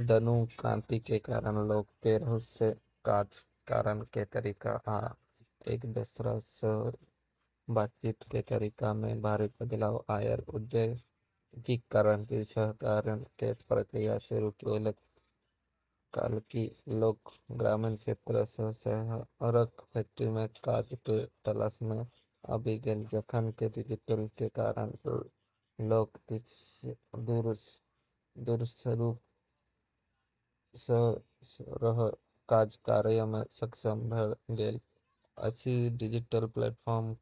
दुनू क्रान्ति के कारण लोक के रहय, काज करय के तरीका आ एक दोसरा सऽ बातचीत के तरीका मे भारी बदलाव आयल ।औद्योगिक क्रांति शहरीकरण के प्रक्रिया शुरू केलक, कियाकि लोक ग्रामीण क्षेत्र सऽ शहरक फैक्ट्री में काज के तलाश में आबि गेल, जखन कि डिजिटल क्रांति के कारण लोक दूरस्थ रूप सऽ रहय आ काज करय में सक्षम भऽ गेल अछि, डिजिटल प्लेटफॉर्म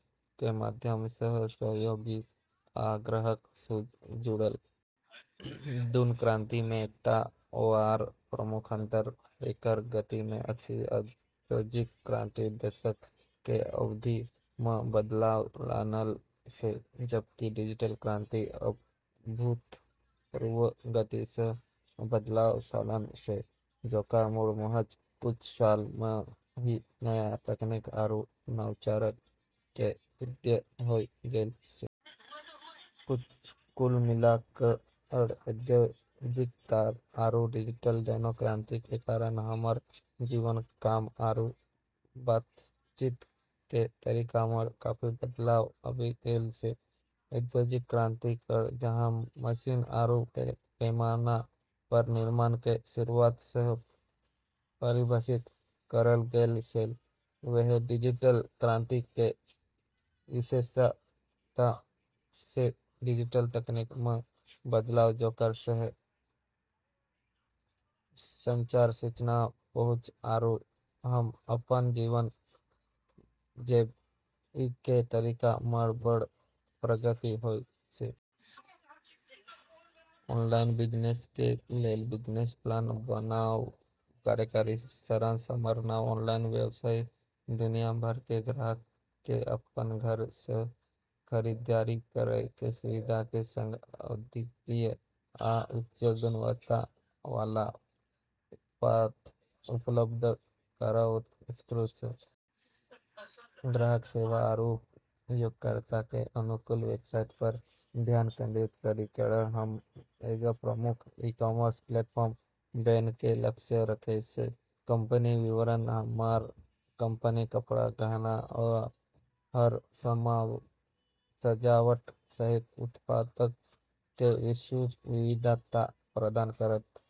के माध्यम सऽ सहयोगी आ ग्राहक सऽ जुड़ल। दुनू क्रान्ति मे एकटा आओर प्रमुख अंतर एकर गति मे अछि। औद्योगिक क्रांति दशकऽ के अवधि मऽ बदलाव लानल छै, जबकि डिजिटल क्रांति अभूतपूर्व गति सऽ बदलाव लानल छै, जेकरा मऽ महज कुछ साल मऽ ही नया तकनीक आरू नवाचारो के उदय होय गेलऽ छै। कुल मिला कऽ औद्योगिक आरू डिजिटल दोनों क्रांति के कारण हमरऽ जीवन, काम आरू बातचीत के तरीका मऽ काफी बदलाव आबी गेलऽ छै। औद्योगिक क्रांति कऽ जहाँ मशीन आरू बड़ऽ पैमाना पर निर्माण के शुरूआत सऽ परिभाषित करलऽ गेलऽ छेलै, वैह डिजिटल क्रांति के विशेषता छै कि डिजिटल तकनीक मऽ बदलाव, जेकरा सऽ संचार, सूचना पहुँच आरू हम्म अपनऽ जीवन जीबै के तरीका मऽ बड़ऽ प्रगति होय छै। ऑनलाइन बिजनेस के लेल बिजनेस प्लान बनाउ। कार्यकारी सारांश: हमर नव ऑनलाइन व्यवसाय दुनिया भर के ग्राहक के अपन घर सऽ खरीदारी करय के सुविधा के संग अद्वितीय आ उच्च गुणवत्ता वाला उत्पाद उपलब्ध कराओत ।उत्कृष्ट ग्राहक सेवा आरू उपयोगकर्ता के अनुकूल वेबसाइट पर ध्यान केंद्रित करी कऽ हम्म एगो प्रमुख ई-कॉमर्स प्लेटफॉर्म बनै के लक्ष्य रखै छियै। कंपनी विवरण: हमर कंपनी कपड़ा, गहना, आ घर सजावट सहित उत्पाद के विस्तृत विविधता प्रदान करत।